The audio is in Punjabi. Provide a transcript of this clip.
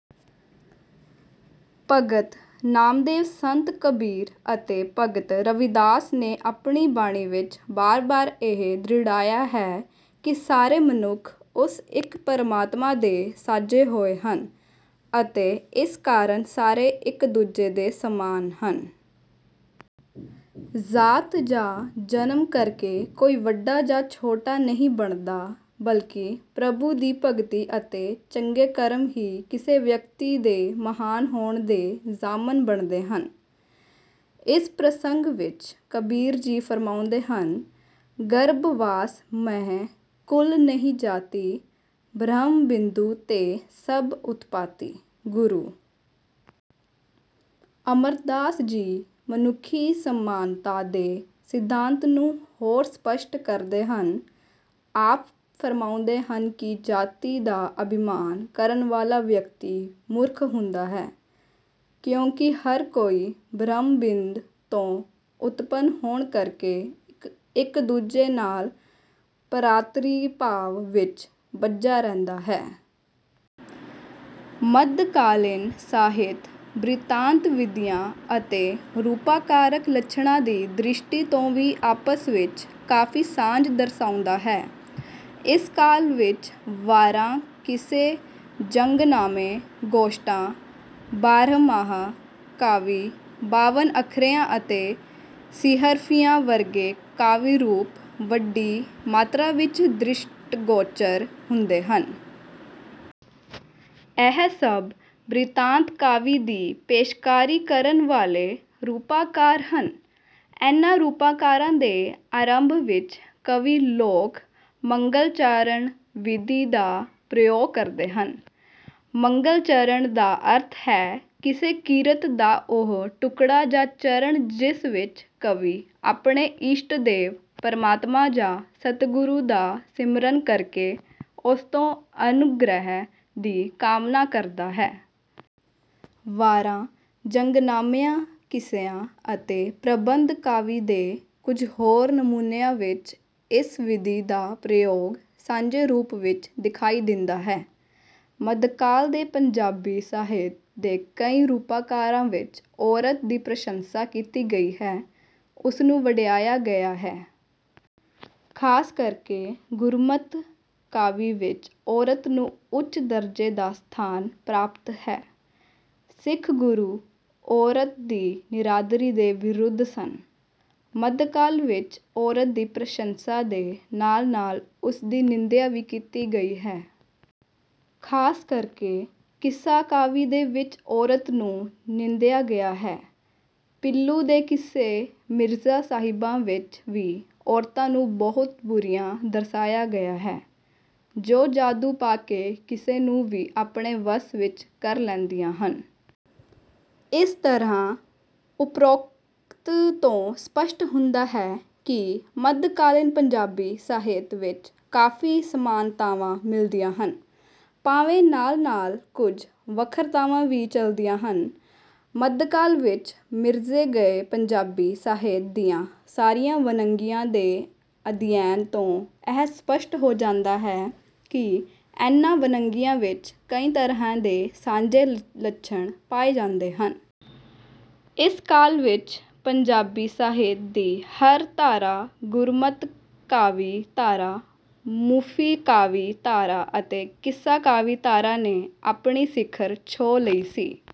ਭਗਤ ਨਾਮਦੇਵ, ਸੰਤ ਕਬੀਰ ਅਤੇ ਭਗਤ ਰਵਿਦਾਸ ਨੇ ਆਪਣੀ ਬਾਣੀ ਵਿੱਚ ਬਾਰ-ਬਾਰ ਇਹ ਦ੍ਰਿੜਾਇਆ ਹੈ ਕਿ ਸਾਰੇ ਮਨੁੱਖ ਉਸ ਇੱਕ ਪਰਮਾਤਮਾ ਦੇ ਸਾਜੇ ਹੋਏ ਹਨ ਅਤੇ ਇਸ ਕਾਰਨ ਸਾਰੇ ਇੱਕ-ਦੂਜੇ ਦੇ ਸਮਾਨ ਹਨ। ਜ਼ਾਤ ਜਾਂ ਜਨਮ ਕਰਕੇ ਕੋਈ ਵੱਡਾ ਜਾਂ ਛੋਟਾ ਨਹੀਂ ਬਣਦਾ ਬਲਕਿ ਪ੍ਰਭੂ ਦੀ ਭਗਤੀ ਅਤੇ ਚੰਗੇ ਕਰਮ ਹੀ ਕਿਸੇ ਵਿਅਕਤੀ ਦੇ ਮਹਾਨ ਹੋਣ ਦੇ ਜ਼ਾਮਨ ਬਣਦੇ ਹਨ। ਇਸ ਪ੍ਰਸੰਗ ਵਿੱਚ ਕਬੀਰ ਜੀ ਫਰਮਾਉਂਦੇ ਹਨ:ਗਰਭ ਵਾਸ ਮਹਿ ਕੁਲੁ ਨਹੀ ਜਾਤੀ ਬ੍ਰਹਮ ਬਿੰਦੁ ਤੇ ਸਭ ਉਤਪਾਤੀ ॥"ਗੁਰੂ ਅਮਰਦਾਸ ਜੀ ਮਨੁੱਖੀ ਸਮਾਨਤਾ ਦੇ ਸਿਧਾਂਤ ਨੂੰ ਹੋਰ ਸਪਸ਼ਟ ਕਰਦੇ ਹਨ। ਆਪ ਫਰਮਾਉਂਦੇ ਹਨ ਕਿ ਜਾਤੀ ਦਾ ਅਭਿਮਾਨ ਕਰਨ ਵਾਲਾ ਵਿਅਕਤੀ ਮੂਰਖ ਹੁੰਦਾ ਹੈ ਕਿਉਂਕਿ ਹਰ ਕੋਈ ਬ੍ਰਹਮ-ਬਿੰਦ ਤੋਂ ਉਤਪੰਨ ਹੋਣ ਕਰਕੇ ਇੱਕ-ਦੂਜੇ ਨਾਲ ਭਰਾਤਰੀ-ਭਾਵ ਵਿੱਚ ਬੱਝਾ ਰਹਿੰਦਾ ਹੈ। ਮੱਧਕਾਲੀਨ ਸਾਹਿਤ, ਬ੍ਰਿਤਾਂਤ-ਵਿਧੀਆਂ ਅਤੇ ਰੂਪਾਕਾਰਕ ਲੱਛਣਾਂ ਦੀ ਦ੍ਰਿਸ਼ਟੀ ਤੋਂ ਵੀ ਆਪਸ ਵਿੱਚ ਕਾਫੀ ਸਾਂਝ ਦਰਸਾਉਂਦਾ ਹੈ। ਇਸ ਕਾਲ ਵਿੱਚ ਵਾਰਾਂ, ਕਿੱਸੇ, ਜੰਗਨਾਮੇ, ਗੋਸ਼ਟਾਂ, ਬਾਰਹਮਾਹਾ ਕਾਵਿ, ਬਾਵਨ-ਅੱਖਰੀਆਂ ਅਤੇ ਸੀਹਰਫ਼ੀਆਂ ਵਰਗੇ ਕਾਵਿ-ਰੂਪ ਵੱਡੀ ਮਾਤਰਾ ਵਿੱਚ ਦ੍ਰਿਸ਼ਟੀਗੋਚਰ ਹੁੰਦੇ ਹਨ। ਇਹ ਸਭ ਬ੍ਰਿਤਾਂਤ-ਕਾਵਿ ਦੀ ਪੇਸ਼ਕਾਰੀ ਕਰਨ ਵਾਲੇ ਰੂਪਾਕਾਰ ਹਨ। ਇਨ੍ਹਾਂ ਰੂਪਾਕਾਰਾਂ ਦੇ ਆਰੰਭ ਵਿੱਚ ਕਵੀ ਲੋਕ 'ਮੰਗਲਾਚਰਣ' ਵਿਧੀ ਦਾ ਪ੍ਰਯੋਗ ਕਰਦੇ ਹਨ। ਮੰਗਲਾਚਰਣ ਦਾ ਅਰਥ ਹੈ ਕਿਸੇ ਕਿਰਤ ਦਾ ਉਹ ਟੁਕੜਾ ਜਾਂ ਚਰਣ ਜਿਸ ਵਿੱਚ ਕਵੀ ਆਪਣੇ ਇਸ਼ਟਦੇਵ, ਪਰਮਾਤਮਾ ਜਾਂ ਸਤਿਗੁਰੂ ਦਾ ਸਿਮਰਨ ਕਰਕੇ ਉਸ ਤੋਂ ਅਨੁਗ੍ਰਹਿ ਦੀ ਕਾਮਨਾ ਕਰਦਾ ਹੈ। ਵਾਰਾਂ, ਜੰਗਨਾਮਿਆਂ, ਕਿੱਸਿਆਂ ਅਤੇ ਪ੍ਰਬੰਧ ਕਾਵਿ ਦੇ ਕੁੱਝ ਹੋਰ ਨਮੂਨਿਆਂ ਵਿੱਚ ਇਸ ਵਿਧੀ ਦਾ ਪ੍ਰਯੋਗ ਸਾਂਝੇ ਰੂਪ ਵਿੱਚ ਦਿਖਾਈ ਦਿੰਦਾ ਹੈ। ਮੱਧਕਾਲ ਦੇ ਪੰਜਾਬੀ ਸਾਹਿਤ ਦੇ ਕਈ ਰੂਪਾਕਾਰਾਂ ਵਿੱਚ ਔਰਤ ਦੀ ਪ੍ਰਸ਼ੰਸਾ ਕੀਤੀ ਗਈ ਹੈ; ਉਸਨੂੰ ਵਡਿਆਇਆ ਗਿਆ ਹੈ। ਖਾਸ ਕਰਕੇ ਗੁਰਮਤਿ ਕਾਵਿ ਵਿੱਚ ਔਰਤ ਨੂੰ ਉੱਚ ਦਰਜੇ ਦਾ ਸਥਾਨ ਪ੍ਰਾਪਤ ਹੈ। ਸਿੱਖ ਗੁਰੂ ਔਰਤ ਦੀ ਨਿਰਾਦਰੀ ਦੇ ਵਿਰੁੱਧ ਸਨ। ਮੱਧਕਾਲ ਵਿੱਚ ਔਰਤ ਦੀ ਪ੍ਰਸੰਸਾ ਦੇ ਨਾਲ-ਨਾਲ ਉਸਦੀ ਨਿੰਦਿਆ ਵੀ ਕੀਤੀ ਗਈ ਹੈ। ਖਾਸ ਕਰਕੇ ਕਿੱਸਾ ਕਾਵਿ ਦੇ ਵਿੱਚ ਔਰਤ ਨੂੰ ਨਿੰਦਿਆ ਗਿਆ ਹੈ। ਪੀਲੂ ਦੇ ਕਿੱਸੇ 'ਮਿਰਜ਼ਾ-ਸਾਹਿਬਾਂ' ਵਿੱਚ ਵੀ ਔਰਤਾਂ ਨੂੰ ਬਹੁਤ ਬੁਰੀਆਂ ਦਰਸਾਇਆ ਗਿਆ ਹੈ, ਜੋ ਜਾਦੂ ਪਾ ਕੇ ਕਿਸੇ ਨੂੰ ਵੀ ਆਪਣੇ ਵੱਸ ਵਿੱਚ ਕਰ ਲੈਂਦੀਆਂ ਹਨ। ਇਸ ਤਰ੍ਹਾਂ ਉਪਰੋਕਤ ਤੋਂ ਸਪੱਸ਼ਟ ਹੁੰਦਾ ਹੈ ਕਿ ਮੱਧਕਾਲੀਨ ਪੰਜਾਬੀ ਸਾਹਿਤ ਵਿੱਚ ਕਾਫੀ ਸਮਾਨਤਾਵਾਂ ਮਿਲਦੀਆਂ ਹਨ, ਭਾਵੇਂ ਨਾਲ-ਨਾਲ ਕੁੱਝ ਵੱਖਰਤਾਵਾਂ ਵੀ ਚਲਦੀਆਂ ਹਨ। ਮੱਧਕਾਲ ਵਿੱਚ ਸਿਰਜੇ ਗਏ ਪੰਜਾਬੀ ਸਾਹਿਤ ਦੀਆਂ ਸਾਰੀਆਂ ਵੰਨਗੀਆਂ ਦੇ ਅਧਿਐਨ ਤੋਂ ਇਹ ਸਪੱਸ਼ਟ ਹੋ ਜਾਂਦਾ ਹੈ ਕਿ ਇਨ੍ਹਾਂ ਵੰਨਗੀਆਂ ਵਿੱਚ ਕਈ ਤਰ੍ਹਾਂ ਦੇ ਸਾਂਝੇ ਲੱਛਣ ਪਾਏ ਜਾਂਦੇ ਹਨ। ਇਸ ਕਾਲ ਵਿੱਚ ਪੰਜਾਬੀ ਸਾਹਿਤ ਦੀ ਹਰ ਧਾਰਾ ਗੁਰਮਤਿ ਕਾਵਿ ਧਾਰਾ, ਸੂਫ਼ੀ ਕਾਵਿ ਧਾਰਾ ਅਤੇ ਕਿੱਸਾ ਕਾਵਿ ਧਾਰਾ ਨੇ ਆਪਣੀ ਸਿਖਰ ਛੋਹ ਲਈ ਸੀ।